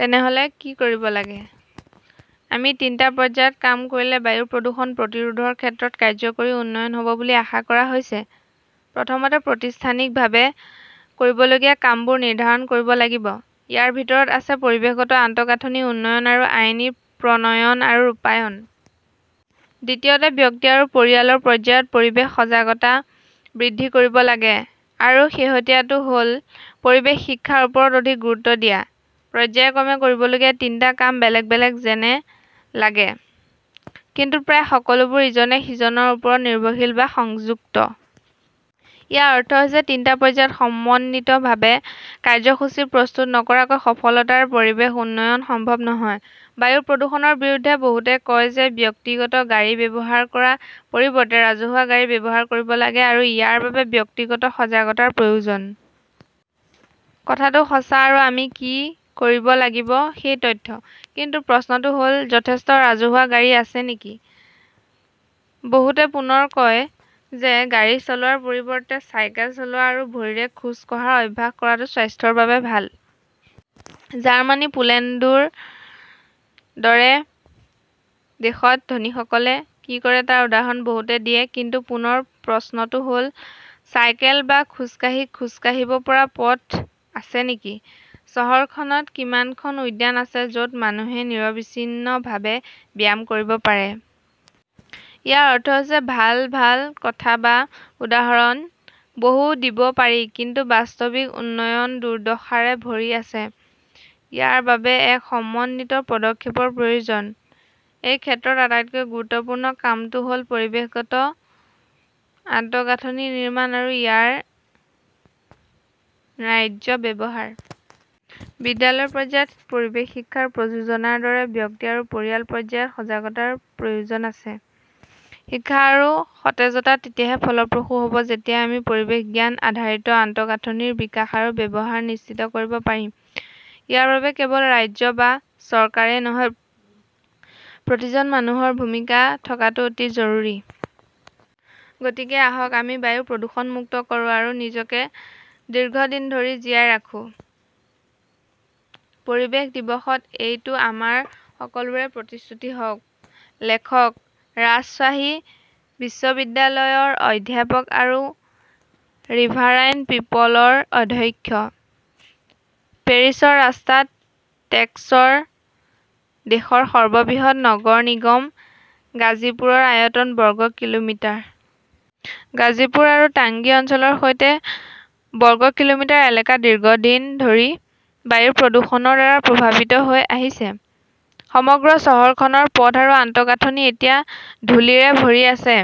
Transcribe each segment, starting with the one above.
তেনেহলে কি কৰিব লাগে? আমি তিনিটা পৰ্যায়ত কাম কৰিলে বায়ু প্ৰদূষণ প্ৰতিৰোধৰ ক্ষেত্ৰত কাৰ্যকৰী উন্নয়ন হ 'ব বুলি আশা কৰা হৈছে। প্ৰথমতে, প্ৰতিষ্ঠানিকভাৱে কৰিবলগীয়া কামবোৰ নিৰ্ধাৰণ কৰিব লাগিব। ইয়াৰ ভিতৰত আছে পৰিৱেশগত আন্তঃগাঁথনি উন্নয়ন আৰু আইন প্ৰণয়ন আৰু ৰূপায়ণ। দ্বিতীয়তে, ব্যক্তি আৰু পৰিয়ালৰ পৰ্যায়ত পৰিৱেশ সজাগতা বৃদ্ধি কৰিব লাগিব। আৰু শেহতীয়াটো হ’ল, পৰিৱেশ শিক্ষাৰ ওপৰত অধিক গুৰুত্ব দিয়া। পৰ্য্যায়ক্ৰমে কৰিবলগীয়া তিনিটা কাম বেলেগ বেলেগ যেন লাগে, কিন্তু প্ৰায় সকলোবোৰ ইজনে সিজনৰ ওপৰত নিৰ্ভৰশীল বা সংযুক্ত। ইয়াৰ অৰ্থ হৈছে তিনিটা পৰ্যায়ত সমন্বিতভাৱে কাৰ্যসূচী প্ৰস্তুত নকৰাকৈ সফলতাৰে পৰিৱেশ উন্নয়ন সম্ভৱ নহয়। বায়ু প্ৰদূষণৰ বিৰুদ্ধে বহুতে কয় যে ব্যক্তিগত গাড়ী ব্যৱহাৰ কৰাৰ পৰিৱৰ্তে ৰাজহুৱা গাড়ী ব্যৱহাৰ কৰিব লাগিব, আৰু ইয়াৰ বাবে ব্যক্তিগত সজাগতাৰ প্ৰয়োজন। কথাটো সঁচা আৰু আমি কি কৰিব লাগিব সেই তথ্য। কিন্তু প্ৰশ্নটো হ’ল, যথেষ্ট ৰাজহুৱা গাড়ী আছে নেকি? বহুতে পুনৰ কয় যে গাড়ী চলোৱাৰ পৰিৱৰ্তে চাইকেল চলোৱা আৰু ভৰিৰে খোজ কাঢ়াৰ অভ্যাস কৰাটো স্বাস্থ্যৰ বাবে ভাল। জাৰ্মানী পোলেণ্ডৰ দৰে দেশত ধনীসকলে কি কৰে তাৰ উদাহৰণ বহুতে দিয়ে। কিন্তু পুনৰ প্ৰশ্নটো হ’ল, চাইকেল বা খোজকাঢ়ি খোজ কাঢ়িব পৰা পথ আছে নেকি? চহৰখনত কিমানখন উদ্যান আছে য 'ত মানুহে নিৰবিচ্ছিন্নভাৱে ব্যায়াম কৰিব পাৰে? ইয়াৰ অৰ্থ হৈছে ভাল ভাল কথা বা উদাহৰণ বহুত দিব পাৰি, কিন্তু বাস্তৱিক উন্নয়ন দুৰ্দশাৰে ভৰি আছে। ইয়াৰ বাবে এক সমন্বিত পদক্ষেপৰ প্ৰয়োজন। এই ক্ষেত্ৰত আটাইতকৈ গুৰুত্বপূৰ্ণ কামটো হ’ল পৰিৱেশগত আন্তঃগাঁথনি নিৰ্মাণ আৰু ইয়াৰ ন্যায্য ব্যৱহাৰ। বিদ্যালয় পৰ্যায়ত পৰিৱেশ শিক্ষাৰ প্ৰযোজনাৰ দৰে ব্যক্তি আৰু পৰিয়াল পৰ্যায়ত সজাগতাৰ প্ৰয়োজন আছে। শিক্ষা আৰু সতেজতা তেতিয়াহে ফলপ্ৰসূ হ’ব যেতিয়া আমি পৰিৱেশ-জ্ঞান-আধাৰিত আন্তঃগাঁথনিৰ বিকাশ আৰু ব্যৱহাৰ নিশ্চিত কৰিব পাৰিম। ইয়াৰ বাবে কেৱল ৰাজ্য বা চৰকাৰেই নহয়, প্ৰতিজন মানুহৰ ভূমিকা থকাটো অতি জৰুৰী। গতিকে আহক আমি বায়ু প্ৰদূষণমুক্ত কৰোঁ, আৰু নিজকে দীৰ্ঘদিন ধৰি জীয়াই ৰাখোঁ। পৰিৱেশ দিৱসত এইটো আমাৰ সকলোৰে প্ৰতিশ্ৰুতি হওক। লেখকঃ ৰাজশ্বাহী বিশ্ববিদ্যালয়ৰ অধ্যাপক আৰু ৰিভাৰাইন পিপলৰ অধ্যক্ষ। পেৰিছৰ ৰাস্তাত ট্ৰেক্টৰ দেশৰ সৰ্ববৃহৎ নগৰ নিগম গাজীপুৰৰ আয়তন বৰ্গ কিলোমিটাৰ। গাজীপুৰ আৰু টংগী অঞ্চলৰ সৈতে বৰ্গ কিলোমিটাৰ এলেকা দীৰ্ঘদিন ধৰি বায়ু প্ৰদূষণৰ দ্বাৰা প্ৰভাৱিত হৈ আহিছে। সমগ্ৰ চহৰখনৰ পথ আৰু আন্তঃগাঁথনি এতিয়া ধূলিৰে ভৰি আছে।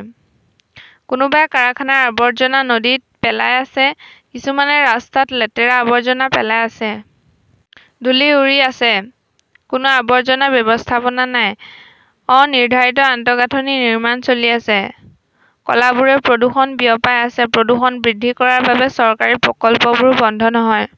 কোনোবাই কাৰখানাৰ আৱৰ্জনা নদীত পেলাই আছে, কিছুমানে ৰাস্তাত লেতেৰা আৱৰ্জনা পেলাই আছে। ধূলি উৰি আছে। কোনো আৱৰ্জনা ব্যৱস্থাপনা নাই। অনিৰ্ধাৰিত আন্তঃগাঁথনি নিৰ্মাণ চলি আছে। কলাবোৰেও প্ৰদূষণ বিয়পাই আছে। প্ৰদূষণ বৃদ্ধি কৰাৰ বাবে চৰকাৰী প্ৰকল্পবোৰো বন্ধ নহয়।